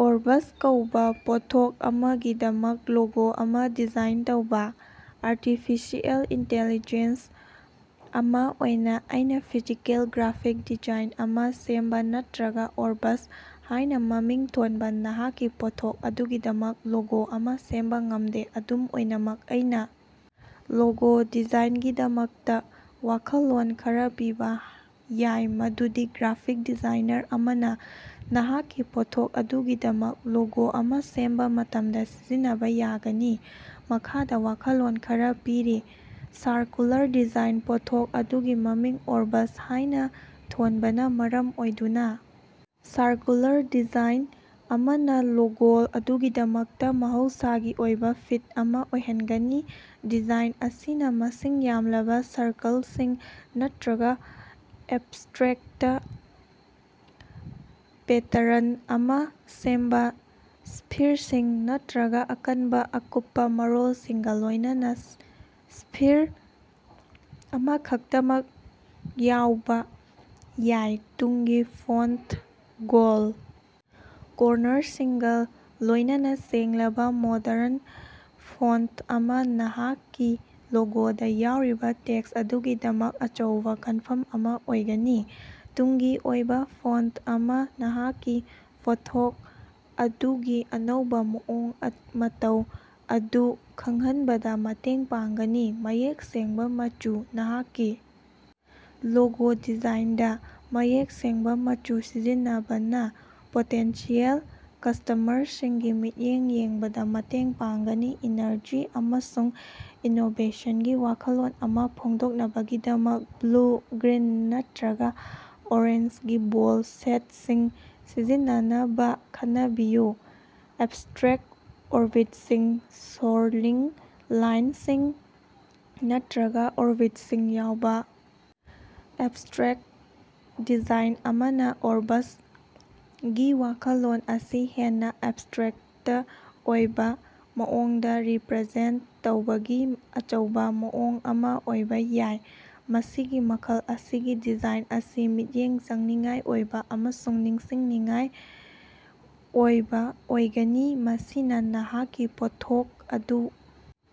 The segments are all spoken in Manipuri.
ꯑꯣꯔꯕꯁ ꯀꯧꯕ ꯄꯣꯠꯊꯣꯛ ꯑꯃꯒꯤꯗꯃꯛ ꯂꯣꯒꯣ ꯑꯃ ꯗꯤꯖꯥꯏꯟ ꯇꯧꯕ꯫ ꯑꯥꯔꯇꯤꯐꯤꯁꯤꯑꯦꯜ ꯏꯟꯇꯦꯂꯤꯖꯦꯟꯁ ꯑꯃ ꯑꯣꯏꯅ ꯑꯩꯅ ꯐꯤꯖꯤꯀꯦꯜ ꯒ꯭ꯔꯥꯐꯤꯛ ꯗꯤꯖꯥꯏꯟ ꯑꯃ ꯁꯦꯝꯕ ꯅꯠꯇ꯭ꯔꯒ "ꯑꯣꯔꯕꯁ" ꯍꯥꯏꯅ ꯃꯃꯤꯡ ꯊꯣꯟꯕ ꯅꯍꯥꯛꯀꯤ ꯄꯣꯠꯊꯣꯛ ꯑꯗꯨꯒꯤꯗꯃꯛ ꯂꯣꯒꯣ ꯑꯃ ꯁꯦꯝꯕ ꯉꯝꯗꯦ꯫ ꯑꯗꯨꯝ ꯑꯣꯏꯅꯃꯛ, ꯑꯩꯅ ꯂꯣꯒꯣ ꯗꯤꯖꯥꯏꯟꯒꯤꯗꯃꯛꯇ ꯋꯥꯈꯜꯂꯣꯟ ꯈꯔ ꯄꯤꯕ ꯌꯥꯏ ꯃꯗꯨꯗꯤ ꯒ꯭ꯔꯥꯐꯤꯛ ꯗꯤꯖꯥꯏꯅꯔ ꯑꯃꯅ ꯅꯍꯥꯛꯀꯤ ꯄꯣꯠꯊꯣꯛ ꯑꯗꯨꯒꯤꯗꯃꯛ ꯂꯣꯒꯣ ꯑꯃ ꯁꯦꯝꯕ ꯃꯇꯝꯗ ꯁꯤꯖꯤꯟꯅꯕ ꯌꯥꯒꯅꯤ꯫ ꯃꯈꯥꯗ ꯋꯥꯈꯜꯂꯣꯟ ꯈꯔ ꯄꯤꯔꯤ: ꯁꯥꯔꯀꯨꯂꯔ ꯗꯤꯖꯥꯏꯟ: ꯄꯣꯠꯊꯣꯛ ꯑꯗꯨꯒꯤ ꯃꯃꯤꯡ "ꯑꯣꯔꯕꯁ" ꯍꯥꯏꯅ ꯊꯣꯟꯕꯅ ꯃꯔꯝ ꯑꯣꯏꯗꯨꯅ ꯁꯥꯔꯀꯨꯂꯔ ꯗꯤꯖꯥꯏꯟ ꯑꯃꯅ ꯂꯣꯒꯣ ꯑꯗꯨꯒꯤꯗꯃꯛꯇ ꯃꯍꯧꯁꯥꯒꯤ ꯑꯣꯏꯕ ꯐꯤꯠ ꯑꯃ ꯑꯣꯏꯍꯟꯒꯅꯤ꯫ ꯗꯤꯖꯥꯏꯟ ꯑꯁꯤꯅ ꯃꯁꯤꯡ ꯌꯥꯝꯂꯕ ꯁꯔꯀꯜꯁꯤꯡ ꯅꯠꯇ꯭ꯔꯒ ꯑꯦꯕꯁꯇ꯭ꯔꯦꯛꯇ ꯄꯦꯇꯔꯟ ꯑꯃ ꯁꯦꯝꯕ ꯁ꯭ꯐꯤꯔꯁꯤꯡ ꯅꯠꯇ꯭ꯔꯒ ꯑꯀꯟꯕ ꯑꯀꯨꯞꯄ ꯃꯔꯣꯜꯁꯤꯡꯒ ꯂꯣꯏꯅꯅ ꯁ꯭ꯐꯤꯔ ꯑꯃꯈꯛꯇꯃꯛ ꯌꯥꯎꯕ ꯌꯥꯏ꯫ ꯇꯨꯡꯒꯤ ꯐꯣꯟꯇ: ꯒꯣꯜꯗ ꯀꯣꯔꯅꯔꯁꯤꯡꯒ ꯂꯣꯏꯅꯅ ꯁꯦꯡꯂꯕ ꯃꯣꯗꯔꯟ ꯐꯣꯟꯇ ꯑꯃ ꯅꯍꯥꯛꯀꯤ ꯂꯣꯒꯣꯗ ꯌꯥꯎꯔꯤꯕ ꯇꯦꯛꯁ ꯑꯗꯨꯒꯤꯗꯃꯛ ꯑꯆꯧꯕ ꯈꯟꯐꯝ ꯑꯃ ꯑꯣꯏꯒꯅꯤ꯫ ꯇꯨꯡꯒꯤ ꯑꯣꯏꯕ ꯐꯣꯟꯇ ꯑꯃꯅ ꯅꯍꯥꯛꯀꯤ ꯄꯣꯠꯊꯣꯛ ꯑꯗꯨꯒꯤ ꯑꯅꯧꯕ ꯃꯑꯣꯡ ꯃꯇꯧ ꯑꯗꯨ ꯈꯪꯍꯟꯕꯗ ꯃꯇꯦꯡ ꯄꯥꯡꯒꯅꯤ꯫ ꯃꯌꯦꯛ ꯁꯦꯡꯕ ꯃꯆꯨ: ꯅꯍꯥꯛꯀꯤ ꯂꯣꯒꯣ ꯗꯤꯖꯥꯏꯟꯗ ꯃꯌꯦꯛ ꯁꯦꯡꯕ ꯃꯆꯨ ꯁꯤꯖꯤꯟꯅꯕꯅ ꯄꯣꯇꯦꯟꯁꯤꯌꯦꯜ ꯀꯁꯇꯃꯔꯁꯤꯡꯒꯤ ꯃꯤꯠꯌꯦꯡ ꯌꯦꯡꯕꯗ ꯃꯇꯦꯡ ꯄꯥꯡꯒꯅꯤ꯫ ꯏꯅꯔꯖꯤ ꯑꯃꯁꯨꯡ ꯏꯅꯣꯕꯦꯁꯟꯒꯤ ꯋꯥꯈꯜꯂꯣꯟ ꯑꯃ ꯐꯣꯡꯗꯣꯛꯅꯕꯒꯤꯗꯃꯛ ꯕ꯭ꯂꯨ, ꯒ꯭ꯔꯤꯟ ꯅꯠꯇ꯭ꯔꯒ ꯑꯣꯔꯦꯟꯖꯒꯤ ꯕꯣꯜꯗ ꯁꯦꯠꯁꯤꯡ ꯁꯤꯖꯤꯟꯅꯅꯕ ꯈꯟꯅꯕꯤꯌꯨ꯫ ꯑꯦꯕꯁꯇ꯭ꯔꯦꯛꯇ ꯑꯣꯔꯕꯤꯠꯁꯤꯡ: ꯁꯣꯔꯂꯤꯡ ꯂꯥꯏꯟꯁꯤꯡ ꯅꯠꯇ꯭ꯔꯒ ꯑꯣꯔꯕꯤꯠꯁꯤꯡ ꯌꯥꯎꯕ ꯑꯦꯕꯁꯇ꯭ꯔꯦꯛꯇ ꯗꯤꯖꯥꯏꯟ ꯑꯃꯅ "ꯑꯣꯔꯕꯁ"ꯒꯤ ꯋꯥꯈꯜꯂꯣꯟ ꯑꯁꯤ ꯍꯦꯟꯅ ꯑꯦꯕꯁꯇ꯭ꯔꯦꯛꯇ ꯑꯣꯏꯕ ꯃꯑꯣꯡꯗ ꯔꯤꯄ꯭ꯔꯖꯦꯟꯇ ꯇꯧꯕꯒꯤ ꯑꯆꯧꯕ ꯃꯑꯣꯡ ꯑꯃ ꯑꯣꯏꯕ ꯌꯥꯏ꯫ ꯃꯁꯤꯒꯤ ꯃꯈꯜ ꯑꯁꯤꯒꯤ ꯗꯤꯖꯥꯏꯟ ꯑꯁꯤ ꯃꯤꯠꯌꯦꯡ ꯆꯪꯅꯤꯡꯉꯥꯏ ꯑꯣꯏꯕ ꯑꯃꯁꯨꯡ ꯅꯤꯡꯁꯤꯡꯅꯤꯡꯉꯥꯏ ꯑꯣꯏꯕ ꯑꯣꯏꯒꯅꯤ, ꯃꯁꯤꯅ ꯅꯍꯥꯛꯀꯤ ꯄꯣꯠꯊꯣꯛ ꯑꯗꯨ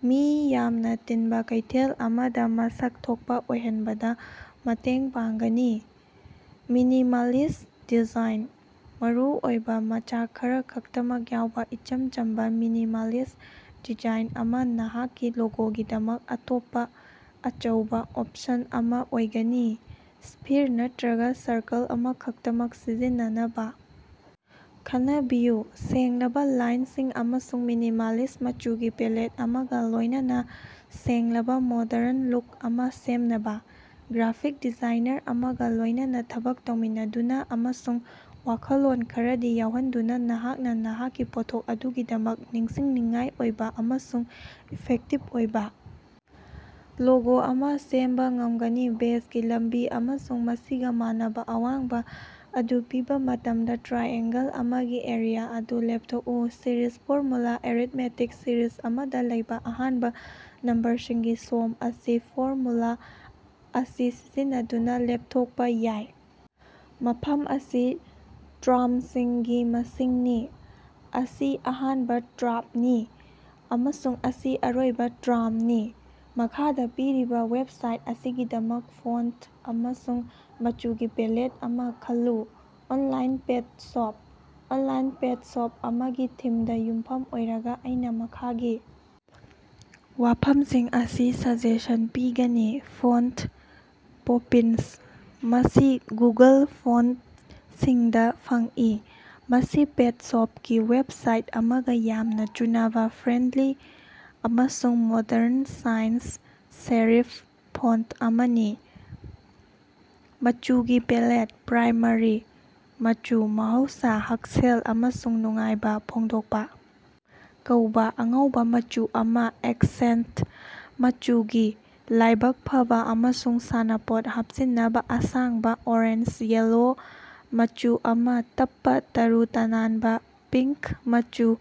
ꯃꯤ ꯌꯥꯝꯅ ꯇꯤꯟꯕ ꯀꯩꯊꯦꯜ ꯑꯃꯗ ꯃꯁꯛ ꯊꯣꯛꯄ ꯑꯣꯏꯍꯟꯕꯗ ꯃꯇꯦꯡ ꯄꯥꯡꯒꯅꯤ꯫ ꯃꯤꯅꯤꯃꯥꯂꯤꯁ꯭ꯠ ꯗꯤꯖꯥꯏꯟ: ꯃꯔꯨꯑꯣꯏꯕ ꯃꯆꯥꯛ ꯈꯔꯈꯛꯇꯃꯛ ꯌꯥꯎꯕ ꯏꯆꯝ ꯆꯝꯕ, ꯃꯤꯅꯤꯃꯥꯂꯤꯁ꯭ꯠ ꯗꯤꯖꯥꯏꯟ ꯑꯃ ꯅꯍꯥꯛꯀꯤ ꯂꯣꯒꯣꯒꯤꯗꯃꯛ ꯑꯇꯣꯞꯄ ꯑꯆꯧꯕ ꯑꯣꯞꯁꯟ ꯑꯃ ꯑꯣꯏꯒꯅꯤ꯫ ꯁ꯭ꯐꯤꯔ ꯅꯠꯇ꯭ꯔꯒ ꯁꯔꯀꯜ ꯑꯃꯈꯛꯇꯃꯛ ꯁꯤꯖꯤꯟꯅꯅꯕ ꯈꯟꯅꯕꯤꯌꯨ, ꯁꯦꯡꯂꯕ ꯂꯥꯏꯟꯁꯤꯡ ꯑꯃꯁꯨꯡ ꯃꯤꯅꯤꯃꯥꯂꯤꯁ꯭ꯠ ꯃꯆꯨꯒꯤ ꯄꯦꯂꯦꯠ ꯑꯃꯒ ꯂꯣꯏꯅꯅ ꯁꯦꯡꯂꯕ, ꯃꯣꯗꯔꯟ ꯂꯨꯛ ꯑꯃ ꯁꯦꯝꯅꯕ꯫ ꯒ꯭ꯔꯥꯐꯤꯛ ꯗꯤꯖꯥꯏꯅꯔ ꯑꯃꯒ ꯂꯣꯏꯅꯅ ꯊꯕꯛ ꯇꯧꯃꯤꯟꯅꯗꯨꯅ ꯑꯃꯁꯨꯡ ꯋꯥꯈꯜꯂꯣꯟ ꯈꯔꯗꯤ ꯌꯥꯎꯍꯟꯗꯨꯅ ꯅꯍꯥꯛꯅ ꯅꯍꯥꯛꯀꯤ ꯄꯣꯠꯊꯣꯛ ꯑꯗꯨꯒꯤꯗꯃꯛ ꯅꯤꯡꯁꯤꯡꯅꯤꯡꯉꯥꯏ ꯑꯣꯏꯕ ꯑꯃꯁꯨꯡ ꯏꯐꯦꯛꯇꯤꯚ ꯑꯣꯏꯕ ꯂꯣꯒꯣ ꯑꯃ ꯁꯦꯝꯕ ꯉꯝꯒꯅꯤ꯫ ꯕꯦꯖꯒꯤ ꯂꯝꯕꯤ ꯑꯃꯁꯨꯡ ꯃꯁꯤꯒ ꯃꯥꯟꯅꯕ ꯑꯋꯥꯡꯕ ꯑꯗꯨ ꯄꯤꯕ ꯃꯇꯝꯗ ꯇ꯭ꯔꯥꯏꯑꯦꯡꯒꯜ ꯑꯃꯒꯤ ꯑꯦꯔꯤꯌꯥ ꯑꯗꯨ ꯂꯦꯞꯊꯣꯛꯎ꯫ ꯁꯤꯔꯤꯖ ꯐꯣꯔꯃꯨꯂꯥ ꯑꯦꯔꯤꯊꯃꯦꯇꯤꯛ ꯁꯤꯔꯤꯖ ꯑꯃꯗ ꯂꯩꯕ ꯑꯍꯥꯟꯕ ꯅꯝꯕꯔꯁꯤꯡꯒꯤ ꯁꯣꯝ ꯑꯁꯤ ꯐꯣꯔꯃꯨꯂꯥ ꯑꯁꯤ ꯁꯤꯖꯤꯟꯅꯗꯨꯅ ꯂꯦꯞꯊꯣꯛꯄ ꯌꯥꯏ: ꯃꯐꯝ ꯑꯁꯤ ꯇ꯭ꯥꯔꯝꯁꯤꯡꯒꯤ ꯃꯁꯤꯡꯅꯤ, ꯑꯁꯤ ꯑꯍꯥꯟꯕ ꯇ꯭ꯥꯔꯞꯅꯤ ꯑꯃꯁꯨꯡ ꯑꯁꯤ ꯑꯔꯣꯏꯕ ꯇ꯭ꯥꯔꯝꯅꯤ꯫ ꯃꯈꯥꯗ ꯄꯤꯔꯤꯕ ꯋꯦꯕꯁꯥꯏꯠ ꯑꯁꯤꯒꯤꯗꯃꯛ ꯐꯣꯟꯇ ꯑꯃꯁꯨꯡ ꯃꯆꯨꯒꯤ ꯄꯦꯂꯦꯠ ꯑꯃꯥ ꯈꯜꯂꯨ꯫ Online pet shop. Online pet shop ꯑꯃꯒꯤ ꯊꯤꯝꯗ ꯌꯨꯝꯐꯝ ꯑꯣꯏꯔꯒ ꯑꯩꯅ ꯃꯈꯥꯒꯤ ꯋꯥꯐꯝꯁꯤꯡ ꯑꯁꯤ ꯁꯖꯦꯁꯟ ꯄꯤꯒꯅꯤ: ꯐꯣꯟꯇ: 'ꯄꯣꯄꯤꯟꯁ' ꯃꯁꯤ ꯒꯨꯒꯜ ꯐꯣꯟꯇꯁꯤꯡꯗ ꯐꯪꯏ꯫ ꯃꯁꯤ ꯄꯦꯠ ꯁꯣꯞꯀꯤ ꯋꯦꯕꯁꯥꯏꯠ ꯑꯃꯒꯥ ꯌꯥꯝꯅꯥ ꯆꯨꯅꯕꯥ ꯐ꯭ꯔꯦꯟꯗꯂꯤ ꯑꯃꯁꯨꯡ ꯃꯣꯗꯔꯟ ꯁꯥꯟꯁ-ꯁꯦꯔꯤꯐ ꯐꯣꯟꯇ ꯑꯃꯅꯤ꯫ ꯃꯆꯨꯒꯤ ꯄꯦꯂꯦꯠ: ꯄ꯭ꯔꯥꯏꯃꯥꯔꯤ ꯃꯆꯨ - ꯃꯍꯧꯁꯥ, ꯍꯛꯁꯦꯜ ꯑꯃꯁꯨꯡ ꯅꯨꯡꯉꯥꯏꯕ ꯐꯣꯡꯗꯣꯛꯄ ꯀꯧꯕ ꯑꯉꯧꯕ ꯃꯆꯨ ꯑꯃ, ꯑꯦꯛꯁꯦꯟꯇ ꯃꯆꯨꯁꯤꯡ: ꯂꯥꯏꯕꯛ ꯐꯕ ꯑꯃꯁꯨꯡ ꯁꯥꯟꯅꯄꯣꯠ ꯍꯥꯞꯆꯤꯟꯅꯕ ꯑꯁꯥꯡꯕ ꯑꯣꯔꯦꯟꯖ-ꯌꯦꯜꯂꯣ ꯃꯆꯨ ꯑꯃ, ꯇꯞꯄ ꯇꯔꯨ ꯇꯅꯥꯟꯕ ꯄꯤꯡꯀ ꯃꯆꯨ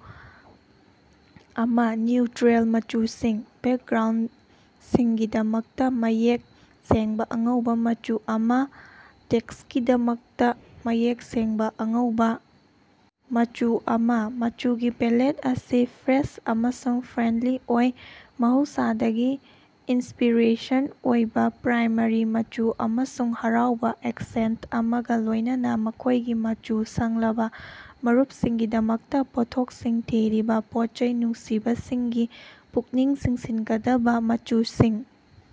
ꯑꯃ, ꯅ꯭ꯌꯨꯇ꯭ꯔꯦꯜ ꯃꯆꯨꯁꯤꯡ: ꯕꯦꯛꯒ꯭ꯔꯥꯎꯟꯗꯁꯤꯡꯒꯤꯗꯃꯛꯇ ꯃꯌꯦꯛ ꯁꯦꯡꯕ ꯑꯉꯧꯕ ꯃꯆꯨ ꯑꯃ, ꯇꯦꯛꯁꯀꯤꯗꯃꯛꯇ ꯃꯌꯦꯛ ꯁꯦꯡꯕ ꯑꯉꯧꯕ ꯃꯆꯨ ꯑꯃ꯫ ꯃꯆꯨꯒꯤ ꯄꯦꯂꯦꯠ ꯑꯁꯤ ꯐ꯭ꯔꯦꯁ ꯑꯃꯁꯨꯡ ꯐ꯭ꯔꯦꯟꯗꯂꯤ ꯑꯣꯏ, ꯃꯍꯧꯁꯥꯗꯒꯤ ꯏꯟꯁ꯭ꯄꯤꯔꯦꯁꯟ ꯑꯣꯏꯕ ꯄ꯭ꯔꯥꯏꯃꯥꯔꯤ ꯃꯆꯨ ꯑꯃꯁꯨꯡ ꯍꯔꯥꯎꯕ ꯑꯦꯛꯁꯦꯟꯇ ꯑꯃꯒ ꯂꯣꯏꯅꯅ ꯃꯈꯣꯏꯒꯤ ꯃꯆꯨ ꯁꯪꯂꯕ ꯃꯔꯨꯞꯁꯤꯡꯒꯤꯗꯃꯛꯇ ꯄꯣꯠꯊꯣꯛꯁꯤꯡ ꯊꯤꯔꯤꯕ ꯄꯣꯠꯆꯩ ꯅꯨꯡꯁꯤꯕꯁꯤꯡꯒꯤ ꯄꯨꯛꯅꯤꯡ ꯆꯤꯡꯁꯤꯟꯒꯗꯕ ꯃꯆꯨꯁꯤꯡ꯫